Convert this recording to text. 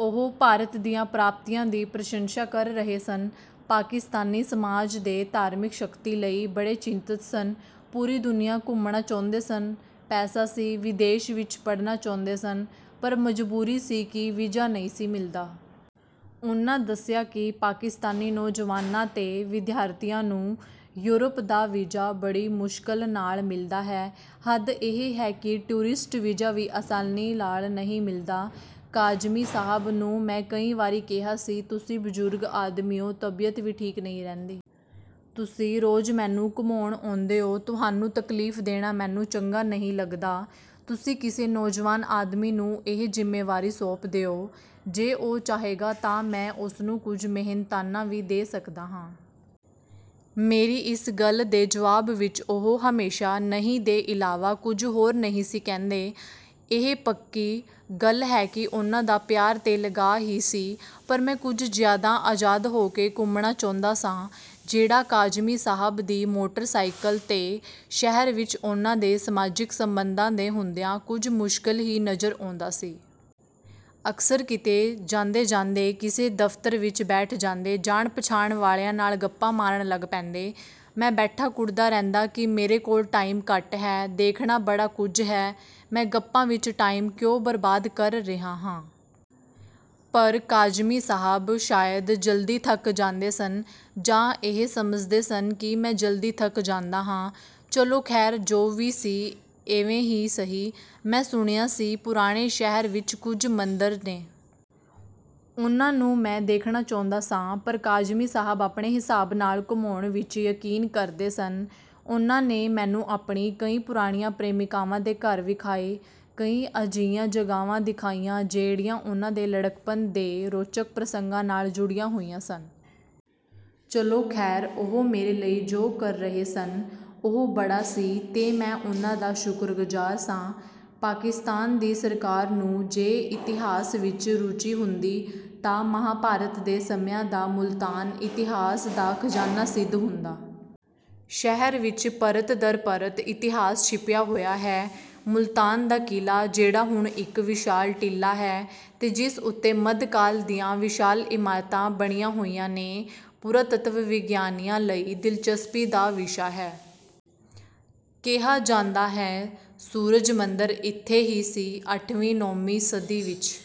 ਉਹ ਭਾਰਤ ਦੀਆਂ ਪ੍ਰਾਪਤੀਆਂ ਦੀ ਪ੍ਰਸ਼ੰਸਾ ਕਰ ਰਹੇ ਸਨ। ਪਾਕਿਸਤਾਨੀ ਸਮਾਜ ਦੇ ' ਧਾਰਮਿਕ ਸਖ਼ਤੀ ' ਲਈ ਬੜੇ ਚਿੰਤਤ ਸਨ। ਪੂਰੀ ਦੁਨੀਆਂ ਘੁੰਮਣਾ ਚਾਹੁੰਦੇ ਸਨ। ਪੈਸਾ ਸੀ। ਵਿਦੇਸ਼ ਵਿੱਚ ਪੜ੍ਹਨਾ ਚਾਹੁੰਦੇ ਸਨ। ਪਰ ਮਜਬੂਰੀ ਸੀ ਕਿ ਵੀਜ਼ਾ ਨਹੀਂ ਸੀ ਮਿਲਦਾ। ਉਹਨਾਂ ਦੱਸਿਆ ਕਿ ਪਾਕਿਸਤਾਨੀ ਨੌਜਵਾਨਾਂ ਤੇ ਵਿਦਿਆਰਥੀਆਂ ਨੂੰ ਯੂਰਪ ਦਾ ਵੀਜ਼ਾ ਬੜੀ ਮੁਸ਼ਕਲ ਨਾਲ ਮਿਲਦਾ ਹੈ। ਹੱਦ ਇਹ ਹੈ ਕਿ ਟੂਰਿਸਟ ਵੀਜ਼ਾ ਵੀ ਆਸਾਨੀ ਨਾਲ ਨਹੀਂ ਮਿਲਦਾ। ਕਾਜ਼ਮੀ ਸਾਹਬ ਨੂੰ ਮੈਂ ਕਈ ਵਾਰੀ ਕਿਹਾ ਸੀ, "ਤੁਸੀਂ ਬਜ਼ੁਰਗ ਆਦਮੀ ਓ, ਤਬੀਅਤ ਵੀ ਠੀਕ ਨਹੀਂ ਰਹਿੰਦੀ। ਤੁਸੀਂ ਰੋਜ਼ ਮੈਨੂੰ ਘੁਮਾਉਣ ਆਉਂਦੇ ਓ। ਤੁਹਾਨੂੰ ਤਕਲੀਫ਼ ਦੇਣਾ ਮੈਨੂੰ ਚੰਗਾ ਨਹੀਂ ਲੱਗਦਾ। ਤੁਸੀਂ ਕਿਸੇ ਨੌਜਵਾਨ ਆਦਮੀ ਨੂੰ ਇਹ ਜ਼ਿੰਮੇਵਾਰੀ ਸੌਂਪ ਦਿਓ। ਜੇ ਉਹ ਚਾਹੇਗਾ ਤਾਂ ਮੈਂ ਉਸਨੂੰ ਕੁਝ ਮਿਹਨਤਾਨਾ ਵੀ ਦੇ ਸਕਦਾ ਹਾਂ।" ਮੇਰੀ ਇਸ ਗੱਲ ਦੇ ਜਵਾਬ ਵਿੱਚ ਉਹ ਹਮੇਸ਼ਾ 'ਨਹੀਂ' ਦੇ ਇਲਾਵਾ ਕੁਝ ਹੋਰ ਨਹੀਂ ਸੀ ਕਹਿੰਦੇ। ਇਹ ਪੱਕੀ ਗੱਲ ਹੈ ਕਿ ਉਹਨਾਂ ਦਾ ਪਿਆਰ ਤੇ ਲਗਾਅ ਹੀ ਸੀ। ਪਰ ਮੈਂ ਕੁਝ ਜ਼ਿਆਦਾ ਆਜ਼ਾਦ ਹੋ ਕੇ ਘੁੰਮਣਾ ਚਾਹੁੰਦਾ ਸਾਂ, ਜਿਹੜਾ ਕਾਜ਼ਮੀ ਸਾਹਬ ਦੀ ਮੋਟਰ-ਸਾਈਕਲ 'ਤੇ ਸ਼ਹਿਰ ਵਿੱਚ ਉਹਨਾਂ ਦੇ ਸਮਾਜਿਕ ਸੰਬੰਧਾਂ ਦੇ ਹੁੰਦਿਆਂ ਕੁਝ ਮੁਸ਼ਕਲ ਹੀ ਨਜ਼ਰ ਆਉਂਦਾ ਸੀ। ਅਕਸਰ ਕਿਤੇ ਜਾਂਦੇ-ਜਾਂਦੇ ਕਿਸੇ ਦਫ਼ਤਰ ਵਿੱਚ ਬੈਠ ਜਾਂਦੇ, ਜਾਣ-ਪਛਾਣ ਵਾਲਿਆਂ ਨਾਲ ਗੱਪਾਂ ਮਾਰਨ ਲੱਗ ਪੈਂਦੇ। ਮੈਂ ਬੈਠਾ ਕੁੜ੍ਹਦਾ ਰਹਿੰਦਾ ਕਿ ਮੇਰੇ ਕੋਲ ਟਾਈਮ ਘੱਟ ਹੈ, ਦੇਖਣਾ ਬੜਾ ਕੁਝ ਹੈ। ਮੈਂ ਗੱਪਾਂ ਵਿੱਚ ਟਾਈਮ ਕਿਉਂ ਬਰਬਾਦ ਕਰ ਰਿਹਾ ਹਾਂ? ਪਰ ਕਾਜ਼ਮੀ ਸਾਹਬ ਸ਼ਾਇਦ ਜਲਦੀ ਥੱਕ ਜਾਂਦੇ ਸਨ ਜਾਂ ਇਹ ਸਮਝਦੇ ਸਨ ਕਿ ਮੈਂ ਜਲਦੀ ਥੱਕ ਜਾਂਦਾ ਹਾਂ। ਚਲੋ ਖ਼ੈਰ, ਜੋ ਵੀ ਸੀ, ਇਵੇਂ ਹੀ ਸਹੀ। ਮੈਂ ਸੁਣਿਆ ਸੀ, ਪੁਰਾਣੇ ਸ਼ਹਿਰ ਵਿੱਚ ਕੁਝ ਮੰਦਰ ਨੇ। ਉਹਨਾਂ ਨੂੰ ਮੈਂ ਦੇਖਣਾ ਚਾਹੁੰਦਾ ਸਾਂ। ਪਰ ਕਾਜ਼ਮੀ ਸਾਹਬ ਆਪਣੇ ਹਿਸਾਬ ਨਾਲ ਘੁਮਾਉਣ ਵਿੱਚ ਯਕੀਨ ਕਰਦੇ ਸਨ। ਉਹਨਾਂ ਨੇ ਮੈਨੂੰ ਆਪਣੀਆਂ ਕਈ ਪੁਰਾਣੀਆਂ ਪ੍ਰੇਮਿਕਾਵਾਂ ਦੇ ਘਰ ਵਿਖਾਏ। ਕਈ ਅਜਿਹੀਆਂ ਜਗ੍ਹਾਵਾਂ ਦਿਖਾਈਆਂ, ਜਿਹੜੀਆਂ ਉਹਨਾਂ ਦੇ ਲੜਕਪਨ ਦੇ ਰੋਚਕ ਪ੍ਰਸੰਗਾਂ ਨਾਲ ਜੁੜੀਆਂ ਹੋਈਆਂ ਸਨ। ਚਲੋ ਖ਼ੈਰ, ਉਹ ਮੇਰੇ ਲਈ ਜੋ ਕਰ ਰਹੇ ਸਨ, ਉਹ ਬੜਾ ਸੀ ਤੇ ਮੈਂ ਉਹਨਾਂ ਦਾ ਸ਼ੁਕਰਗੁਜ਼ਾਰ ਸਾਂ। ਪਾਕਿਸਤਾਨ ਦੀ ਸਰਕਾਰ ਨੂੰ ਜੇ ਇਤਿਹਾਸ ਵਿੱਚ ਰੁਚੀ ਹੁੰਦੀ ਤਾਂ ਮਹਾਭਾਰਤ ਦੇ ਸਮਿਆਂ ਦਾ ਮੁਲਤਾਨ ਇਤਿਹਾਸ ਦਾ ਖ਼ਜ਼ਾਨਾ ਸਿੱਧ ਹੁੰਦਾ। ਸ਼ਹਿਰ ਵਿੱਚ ਪਰਤ ਦਰ ਪਰਤ ਇਤਿਹਾਸ ਛਿਪਿਆ ਹੋਇਆ ਹੈ। ਮੁਲਤਾਨ ਦਾ ਕਿਲ੍ਹਾ, ਜਿਹੜਾ ਹੁਣ ਇਕ ਵਿਸ਼ਾਲ ਟੀਲਾ ਹੈ ਤੇ ਜਿਸ ਉੱਤੇ ਮੱਧਕਾਲ ਦੀਆਂ ਵਿਸ਼ਾਲ ਇਮਾਰਤਾਂ ਬਣੀਆਂ ਹੋਈਆਂ ਨੇ, ਪੁਰਾਤੱਤਵ-ਵਿਗਿਆਨੀਆਂ ਲਈ ਦਿਲਚਸਪੀ ਦਾ ਵਿਸ਼ਾ ਹੈ। ਕਿਹਾ ਜਾਂਦਾ ਹੈ, ਸੂਰਜ ਮੰਦਰ ਇੱਥੇ ਹੀ ਸੀ। ਅੱਠਵੀਂ-ਨੌਵੀਂ ਸਦੀ ਵਿੱਚ...